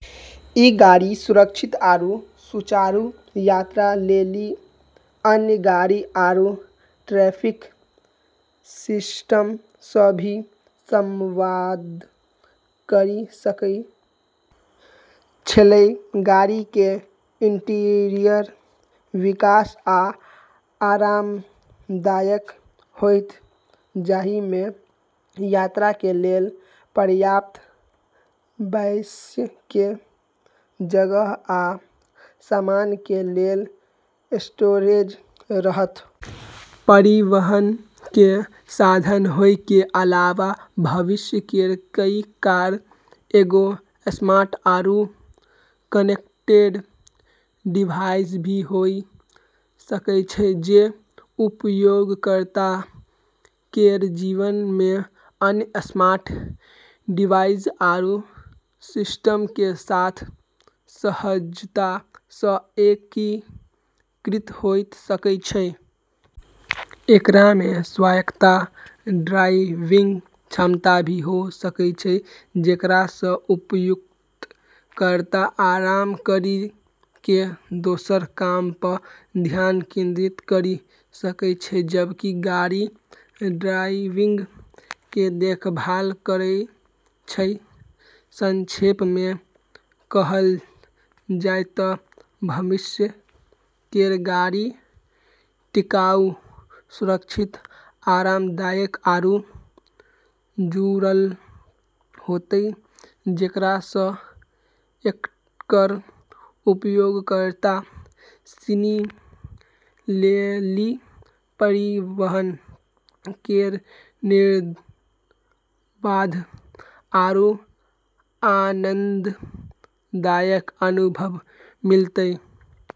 ई गाड़ी सुरक्षित आरू सुचारू यात्रा लेली अन्य गाड़ी आरू ट्रैफिक सिस्टम स भी संवाद करी सकै छेलै। गाड़ी के इंटीरियर विशाल आ आरामदायक होयत, जाहि में यात्री के लेल पर्याप्त बैसय के जगह आ सामान के लेल स्टोरेज रहत। परिवहन केर साधन होय के अलावा भविष्य केर ई कार एगो स्मार्ट आरू कनेक्टेड डिवाइस भी होय सकै छै, जे उपयोगकर्ता केर जीवन मे अन्य स्मार्ट डिवाइस आरू सिस्टम के साथ सहजता स एकीकृत होय सकै छै। एकरा मे स्वायत्त ड्राइविंग क्षमता भी हो सकै छै, जेकरा स उपयोगकर्ता आराम करी क दोसर काम प ध्यान केंद्रित करी सकै छै जबकि गाड़ी ड्राइविंग के देखभाल करै छै। संक्षेप मे कहल जाय त भविष्य केर गाड़ी टिकाऊ, सुरक्षित, आरामदायक, आरू जुड़ल होतै, जेकरा स एकर उपयोगकर्ता सिनी लेली परिवहन केर निर्बाध आरू आनंददायक अनुभव मिलतै।